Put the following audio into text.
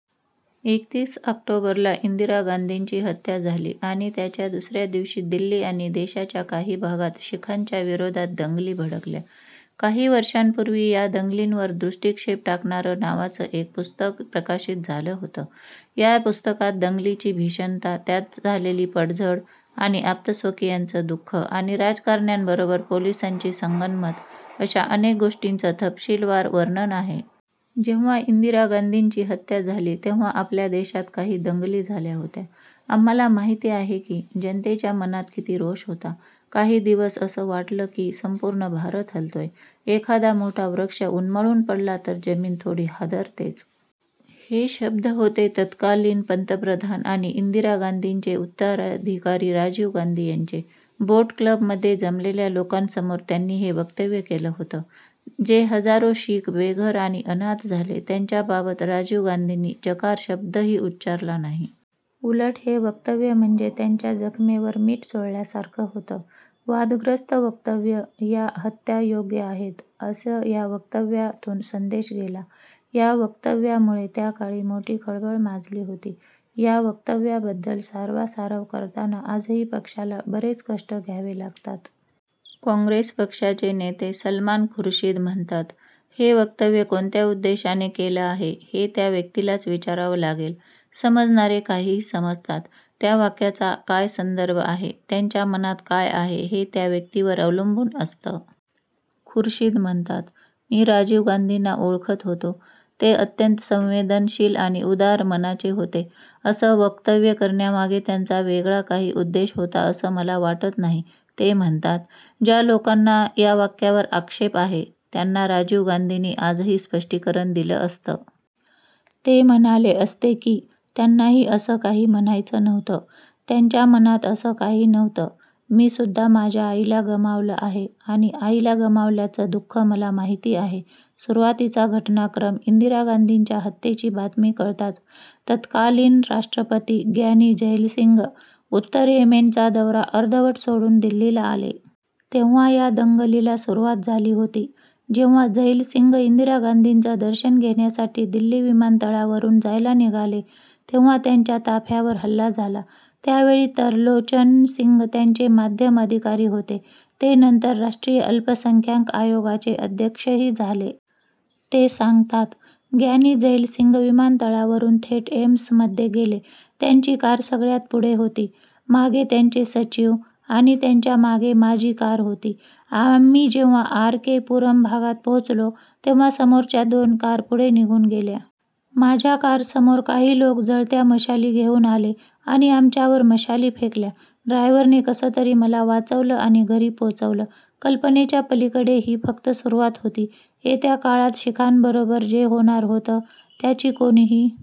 एकतीस ऑक्टोबरला इंदिरा गांधींची हत्या झाली आणि त्याच्या दुसऱ्या दिवशी दिल्ली आणि देशाच्या काही भागात शिखांच्या विरोधात दंगली भडकल्या. काही वर्षांपूर्वी या दंगलींवर दृष्टिक्षेप टाकणारं नावाचं एक पुस्तक प्रकाशित झालं होतं. या पुस्तकात दंगलीची भीषणता, त्यात झालेली पडझड आणि आप्तस्वकीयांचं दु:ख आणि राजकारण्यांबरोबर पोलिसांची संगनमत अशा अनेक गोष्टींचं तपशीलवार वर्णन आहे. जेव्हा इंदिरा गांधींची हत्या झाली तेव्हा आपल्या देशात काही दंगली झाल्या होत्या. आम्हाला माहिती आहे की जनतेच्या मनात किती रोष होता. काही दिवस असं वाटलं की संपूर्ण भारत हलतोय. एखादा मोठा वृक्ष उन्मळून पडला तर जमीन थोडी हादरतेच. हे शब्द होते तत्कालीन पंतप्रधान आणि इंदिरा गांधींचे उत्तराधिकारी राजीव गांधी यांचे. बोट क्लबमध्ये जमलेल्या लोकांसमोर त्यांनी हे वक्तव्य केलं होतं. जे हजारो शीख बेघर आणि अनाथ झाले त्यांच्याबाबत राजीव गांधींनी चकार शब्दही उच्चारला नाही. उलट हे वक्तव्य म्हणजे त्यांच्या जखमेवर मीठ चोळल्यासारखं होतं. वादग्रस्त वक्तव्य या हत्या योग्य आहेत असं या वक्तव्यातून संदेश गेला. या वक्तव्यामुळे त्या काळी मोठी खळबळ माजली होती. या वक्तव्याबद्दल सारवासारव करताना आजही पक्षाला बरेच कष्ट घ्यावे लागतात. काँग्रेस पक्षाचे नेते सलमान खुर्शीद म्हणतात, हे वक्तव्य कोणत्या उद्देशाने केलं आहे हे त्या व्यक्तीलाच विचारावं लागेल. समजणारे काहीही समजतात. त्या वाक्याचा काय संदर्भ आहे, त्यांच्या मनात काय आहे हे त्या व्यक्तीवर अवलंबून असतं. खुर्शीद म्हणतात, मी राजीव गांधींना ओळखत होतो. ते अत्यंत संवेदनशील आणि उदार मनाचे होते. असं वक्तव्य करण्यामागे त्यांचा वेगळा काही उद्देश होता असं मला वाटत नाही. ते म्हणतात, ज्या लोकांना या वाक्यावर आक्षेप आहे त्यांना राजीव गांधींनी आजही स्पष्टीकरण दिलं असतं. ते म्हणाले असते की त्यांनाही असं काही म्हणायचं नव्हतं. त्यांच्या मनात असं काही नव्हतं मीसुद्धा माझ्या आईला गमावलं आहे आणि आईला गमावल्याचं दु:ख मला माहिती आहे. सुरुवातीचा घटनाक्रम इंदिरा गांधीच्या हत्येची बातमी कळताच तत्कालीन राष्ट्रपती ग्यानी झैलसिंग उत्तर येमेनचा दौरा अर्धवट सोडून दिल्लीला आले. तेव्हा या दंगलीला सुरुवात झाली होती. जेव्हा झैलसिंग इंदिरा गांधीचं दर्शन घेण्यासाठी दिल्ली विमानतळावरून जायला निघाले तेव्हा त्यांच्या ताफ्यावर हल्ला झाला. त्यावेळी तरलोचन सिंग त्यांचे माध्यम अधिकारी होते. ते नंतर राष्ट्रीय अल्पसंख्याक आयोगाचे अध्यक्षही झाले. ते सांगतात, ग्यानी झैलसिंग विमानतळावरून थेट एम्समध्ये गेले. त्यांची कार सगळ्यात पुढे होती. मागे त्यांचे सचिव, आणि त्यांच्या मागे माझी कार होती. आम्ही जेव्हा आर. के. पुरम भागात पोहोचलो तेव्हा समोरच्या दोन कार पुढे निघून गेल्या. माझ्या कारसमोर काही लोक जळत्या मशाली घेऊन आले आणि आमच्यावर मशाली फेकल्या. ड्रायव्हरने कसंतरी मला वाचवलं आणि घरी पोचवलं. कल्पनेच्या पलीकडे ही फक्त सुरुवात होती. येत्या काळात शिखांबरोबर जे होणार होतं त्याची कोणीही